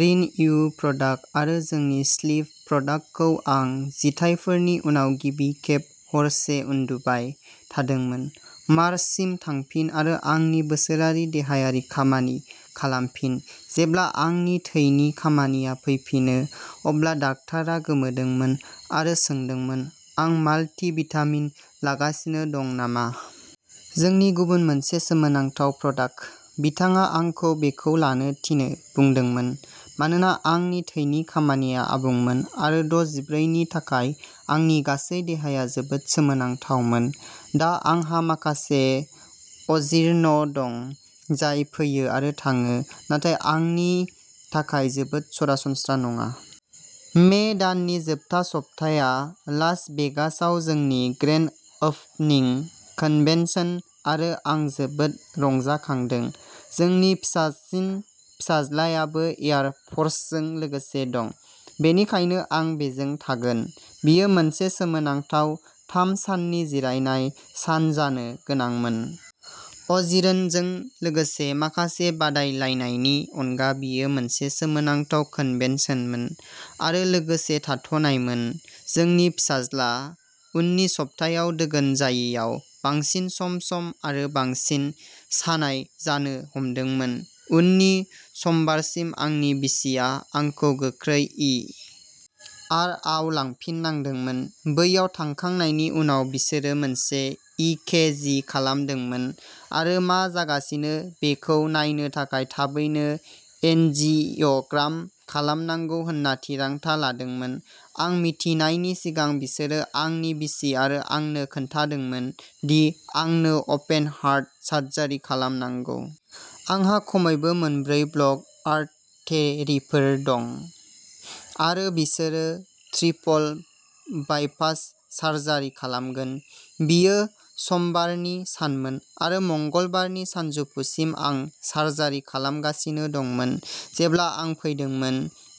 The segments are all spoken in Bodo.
रिन्यु प्रडाक्ट आरो जोंनि स्लिप प्रडाक्टखौ आं जिथाइफोरनि उनाव गिबि खेब हरसे उन्दुबाय थादोंमोन। मार्चसिम थांफिन आरो आंनि बोसोरारि देहायारि खामानि खालामफिन। जेब्ला आंनि थैनि खामानिया फैफिनो, अब्ला डाक्टारा गोमोदोंमोन आरो सोंदोंमोन आं माल्टि-भिटामिन लागासिनो दं नामा। जोंनि गुबुन मोनसे सोमोनांथाव प्रडाक्ट। बिथाङा आंखौ बेखौ लानो थिनो बुंदोंमोन मानोना आंनि थैनि खामानिया आबुंमोन आरो दजिब्रै नि थाखाय आंनि गासै देहाया जोबोद सोमोनांथावमोन। दा आंहा माखासे अजीर्ण दं जाय फैयो आरो थाङो नाथाय आंनि थाखाय जोबोद सरासनस्रा नङा। मे दाननि जोबथा सप्ताया लास भेगासआव जोंनि ग्रेन्ड ओपनिं कन्भेन्सन, आरो आं जोबोद रंजाखांदों। जोंनि फिसासिन फिसाज्लायाबो एयार फर्सजों लोगोसे दं, बेनिखायनो आं बेजों थागोन। बेयो मोनसे सोमोनांथाव थाम साननि जिरायनाय सान जानो गोनांमोन। अजीर्णजों लोगोसे माखासे बादायलायनायनि अनगा बेयो मोनसे सोमोनांथाव कन्भेन्सनमोन आरो लोगोसे थाथ'नायमोन। जोंनि फिसाज्ला। उननि सप्तायाव दोगोन जायैयाव बांसिन सम सम आरो बांसिन सानाय जानो हमदोंमोन। उननि समबारसिम, आंनि बिसिया आंखौ गोख्रै इ आर आव लांफिननांदोंमोन। बैयाव थांखांनायनि उनाव बिसोरो मोनसे इ के जि खालामदोंमोन आरो मा जागासिनो बेखौ नायनो थाखाय थाबैनो एन्जियोग्राम खालामनांगौ होनना थिरांथा लादोंमोन। आं मिन्थिनायनि सिगां, बिसोरो आंनि बिसि आरो आंनो खिन्थादोंमोन दि आंनो अपेन हार्ट सार्जारि खालामनांगौ। आंहा खमैबो मोनब्रै ब्ल'क आर्टेरिफोर दं, आरो बिसोरो ट्रिपल बाइपास सार्जारि खालामगोन। बेयो समबारनि सानमोन, आरो मंगलबारनि सानजौफुसिम आं सार्जारि खालामगासिनो दंमोन। जेब्ला आं फैदोंमोन,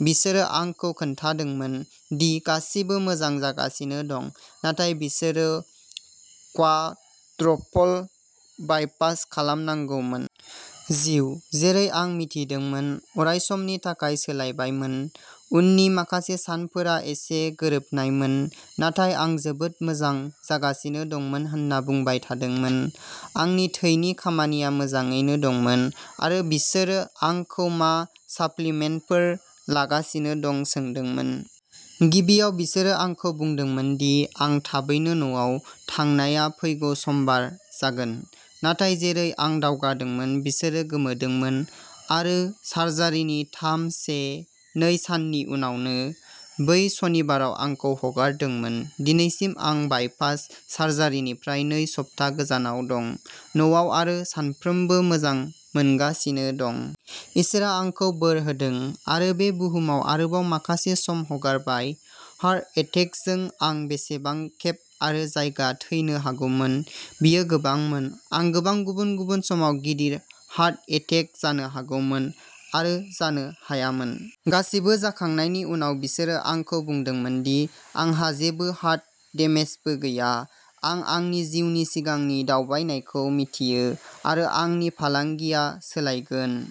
बिसोरो आंखौ खिन्थादोंमोन दि गासिबो मोजां जागासिनो दं, नाथाय बिसोरो क्वाड्रपल बाइपास खालामनांगौमोन। जिउ, जेरै आं मिथिदोंमोन, अरायसमनि थाखाय सोलायबायमोन। उननि माखासे सानफोरा एसे गोरोबनायमोन, नाथाय आं जोबोद मोजां जागासिनो दंमोन होनना बुंबाय थादोंमोन। आंनि थैनि खामानिया मोजाङैनो दंमोन, आरो बिसोरो आंखौ मा साप्लिमेन्टफोर लागासिनो दं सोंदोंमोन। गिबियाव, बिसोरो आंखौ बुंदोंमोन दि आं थाबैनो न'आव थांनाया फैगौ समबार जागोन। नाथाय, जेरै आं दावगादोंमोन, बिसोरो गोमोदोंमोन आरो सार्जारिनि थाम से नै साननि उनावनो बै सनिबाराव आंखौ हगारदोंमोन। दिनैसिम आं बाइपास सार्जारिनिफ्राय नै सप्ता गोजानाव दं, न'आव आरो सानफ्रोमबो मोजां मोनगासिनो दं। इसोरआ आंखौ बोर होदों आरो बे बुहुमाव आरोबाव माखासे सम हगारबाय। हार्ट एटेकजों आं बेसेबां खेब आरो जायगा थैनो हागौमोन बेयो गोबांमोन। आं गोबां गुबुन-गुबुन समाव गिदिर हार्ट एटेक जानो हागौमोन आरो जानो हायामोन। गासैबो जाखांनायनि उनाव, बिसोरो आंखौ बुंदोंमोन दि आंहा जेबो हार्ट डेमेजबो गैया। आं आंनि जिउनि सिगांनि दावबायनायखौ मिथियो, आरो आंनि फालांगिया सोलायगोन।